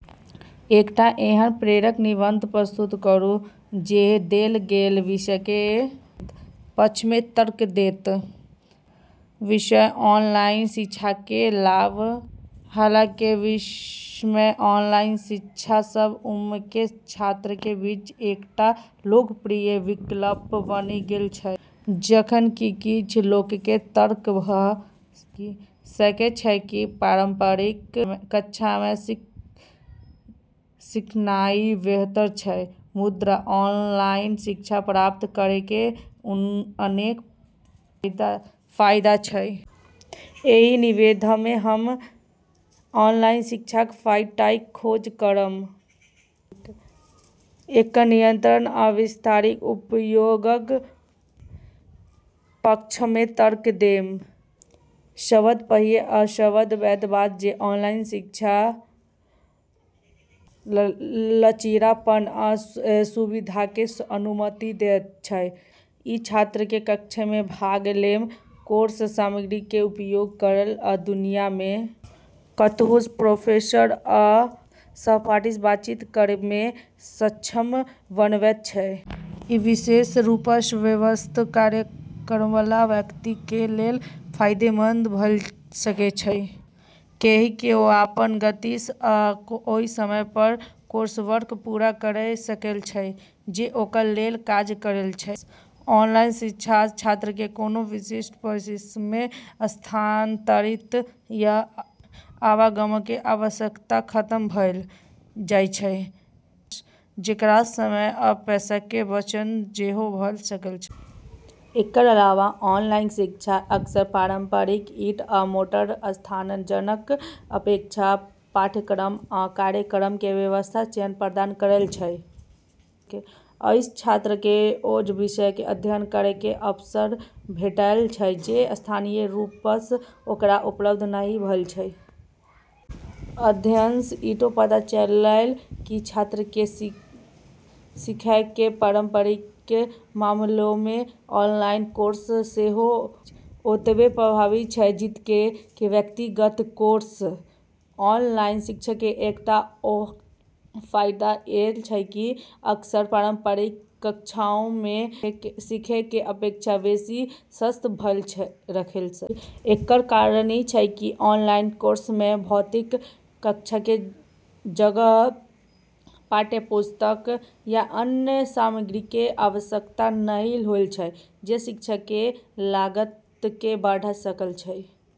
एकटा एहन प्रेरक निबंध प्रस्तुत करू जे देल गेल विषयके पक्षमे तर्क देत। विषय: ऑनलाइन शिक्षाके लाभ - हालके वर्षमे ऑनलाइन शिक्षा सब उम्रके छात्रके बीच एकटा लोकप्रिय विकल्प बनि गेल छै। जखन कि किछ लोकके तर्क भ' सकै छै कि पारंपरिक कक्षामे सिखनाइ बेहतर छै, मुदा ऑनलाइन शिक्षा प्राप्त करैके अनेक फाइदा छै। एहि निबंधमे हम ऑनलाइन शिक्षाक फाइदाक खोज करब आ एकर निरंतर आ विस्तारित उपयोगक पक्षमे तर्क देब। सबसँ पहिने आ सबसँ पैघ बात जे ऑनलाइन शिक्षा लचीलापन आ सुविधाके अनुमति दैत अछि। ई छात्रके कक्षामे भाग लेवा, कोर्स सामग्रीके उपयोग करय, आ दुनियामे कतहुसँ प्रोफेसर आ सहपाठीसँ बातचीत करेमे सक्षम बनबैत छै. ई विशेष रूपसँ व्यस्त कार्यक्रमबला व्यक्तिके लेल फाइदेमंद भ' सकै छै, किएकि ओ अपन गतिसँ आ ओइ समय पर कोर्सवर्क पूरा करि सकै छै जे ओकरा लेल काज करै छै। ऑनलाइन शिक्षासँ छात्रके कोनो विशिष्ट परिसरमे स्थानांतरित या आवागमनके आवश्यकता खतम भ' जाइत छै, जेकरासँ समय आ पैसाके बचत सेहो भ' सकै छै। एकर अलावा ऑनलाइन शिक्षा अक्सर पारंपरिक ईंट आ मोर्टार संस्थानक अपेक्षा पाठ्यक्रम आ कार्यक्रमके व्यापक चयन प्रदान करैत छै। अइसँ छात्रके ओइ विषयक अध्ययन करैके अवसर भेटैत छै जे स्थानीय रूपसँ ओकरा उपलब्ध नहि भ' सकै छै। अध्ययनसँ इहो पता चललै कि छात्रके सिखैके परिणामके मामिलामे ऑनलाइन कोर्स सेहो ओतबै प्रभावी छै जतेक कि व्यक्तिगत कोर्स। ऑनलाइन शिक्षाके एकटा आओर फाइदा ई छै कि ई अक्सर पारंपरिक कक्षामे सिखैके अपेक्षा बेशी सस्त भ' सकै छै। एकर कारण ई छै कि ऑनलाइन कोर्समे भौतिक कक्षाके जगह, पाठ्यपुस्तक, या अन्य सामग्रीके आवश्यकता नहि होइत छै जे शिक्षाके लागतके बढ़ा सकै छै।